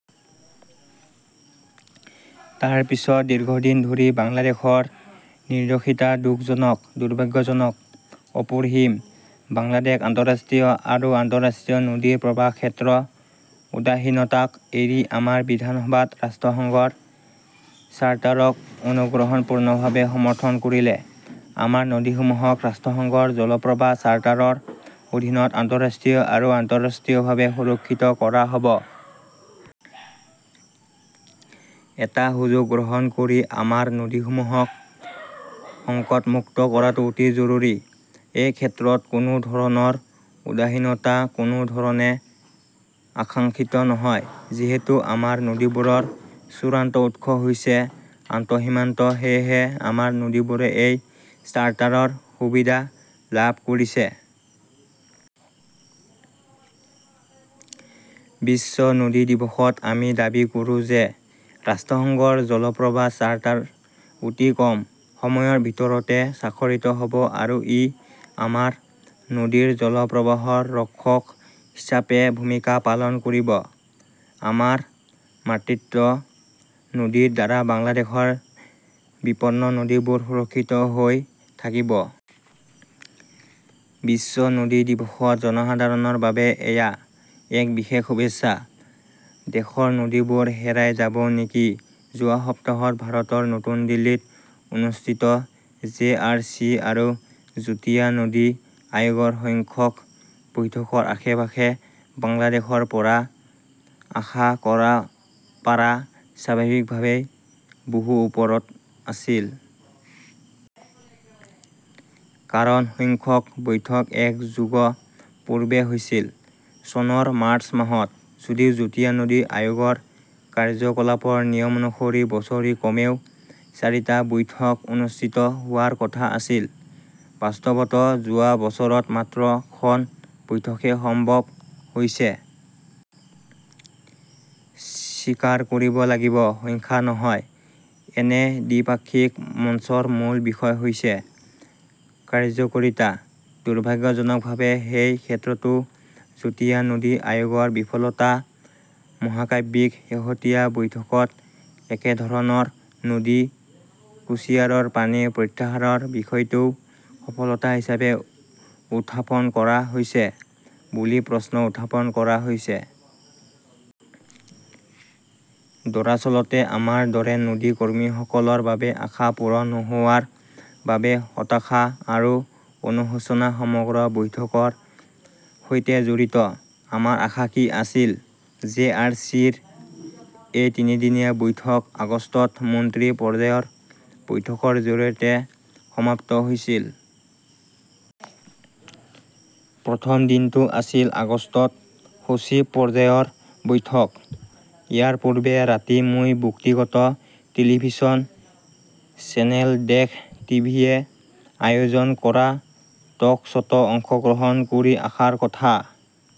তাৰ পিছত দীৰ্ঘদিন ধৰি বাংলাদেশৰ নিৰ্দোষিতা দুখজনক, দুৰ্ভাগ্যজনক, অপৰিসীম। বাংলাদেশ আন্তঃৰাষ্ট্ৰীয় আৰু আন্তঃৰাষ্ট্ৰীয় নদীৰ প্ৰৱাহ ক্ষেত্ৰ। উদাসীনতাক এৰি আমাৰ বিধান সভাত ৰাষ্ট্ৰসংঘৰ চাৰ্টাৰক অনুগ্ৰহপূৰ্ণভাৱে সমৰ্থন কৰিলে আমাৰ নদীসমূহক ৰাষ্ট্ৰসংঘৰ জল প্ৰবাহ চাৰ্টাৰৰ অধীনত আন্তঃৰাষ্ট্ৰীয় আৰু আন্তঃৰাষ্ট্ৰীয়ভাৱে সুৰক্ষিত কৰা হ'ব। এটা সুযোগ গ্ৰহণ কৰি আমাৰ নদীসমূহক সংকটমুক্ত কৰাটো অতি জৰুৰী। এই ক্ষেত্ৰত কোনো ধৰণৰ উদাসীনতা কোনো ধৰণে আকাংক্ষিত নহয়। যিহেতু আমাৰ নদীবোৰৰ চূড়ান্ত উৎস হৈছে আন্তঃসীমান্ত, সেয়েহে আমাৰ নদীবোৰে এই চাৰ্টাৰৰ সুবিধা লাভ কৰিছে। বিশ্ব নদী দিৱসত আমি দাবী কৰোঁ যে 'ৰাষ্ট্ৰসংঘৰ জল প্ৰবাহ চাৰ্টাৰ ' অতি কম সময়ৰ ভিতৰতে স্বাক্ষৰিত হ'ব আৰু ই আমাৰ নদীৰ জল প্ৰবাহৰ ৰক্ষক হিচাপে ভূমিকা পালন কৰিব। আমাৰ মাতৃত্ব নদীৰ দ্বাৰা বাংলাদেশৰ বিপন্ন নদীবোৰ সুৰক্ষিত হৈ থাকিব। বিশ্ব নদী দিৱসত জনসাধাৰণৰ বাবে এয়া এক বিশেষ শুভেচ্ছা। দেশৰ নদীবোৰ হেৰাই যাব নেকি যোৱা সপ্তাহত ভাৰতৰ নতুন দিল্লীত অনুষ্ঠিত জে. আৰ. চি. আৰু যুটীয়া নদী আয়োগৰ সংখ্যক বৈঠকৰ আশে-পাশে বাংলাদেশৰ ফালৰ পৰা আশা কৰা পাৰা স্বাভাৱিকভাৱেই বহু ওপৰত আছিল। কাৰণ, সংখ্যক বৈঠক এক যুগ পূৰ্বে হৈছিল- চনৰ মাৰ্চ মাহত। যদিও যুটীয়া নদী আয়োগৰ কাৰ্য্যকলাপৰ নিয়ম অনুসৰি বছৰি কমেও চাৰিটা বৈঠক অনুষ্ঠিত হোৱাৰ কথা আছিল, বাস্তৱত যোৱা বছৰত মাত্ৰ খন বৈঠকহে সম্ভৱ হৈছে। স্বীকাৰ কৰিব লাগিব-সংখ্যা নহয়, এনে দ্বিপাক্ষিক মঞ্চৰ মূল বিষয় হৈছে কাৰ্য্যকৰীতা। দুৰ্ভাগ্যজনকভাৱে, সেই ক্ষেত্ৰতো যুটীয়া নদী আয়োগৰ বিফলতা মহাকাব্যিক। শেহতীয়া বৈঠকত একেধৰণৰ নদী কুশিয়াৰাৰ পানী প্ৰত্যাহাৰৰ বিষয়টোও সফলতা হিচাপে উত্থাপন কৰা হৈছে বুলি প্ৰশ্ন উত্থাপন কৰা হৈছে। দৰাচলতে, আমাৰ দৰে নদী কৰ্মীসকলৰ বাবে, আশা পূৰণ নোহোৱাৰ বাবে হতাশা আৰু অনুশোচনা সমগ্ৰ বৈঠকৰ সৈতে জড়িত। আমাৰ আশা কি আছিল জে. আৰ. চি. ৰ এই তিনিদিনীয়া বৈঠক আগষ্টত মন্ত্ৰী পৰ্যায়ৰ বৈঠকৰ জৰিয়তে সমাপ্ত হৈছিল। প্ৰথম দিনটো আছিল আগষ্টত সচিব পৰ্যায়ৰ বৈঠক। ইয়াৰ পূৰ্বে ৰাতি, মই ব্যক্তিগত টেলিভিছন চেনেল দেশ টিভিয়ে আয়োজন কৰা টক শ্বত অংশগ্ৰহণ কৰি আশাৰ কথা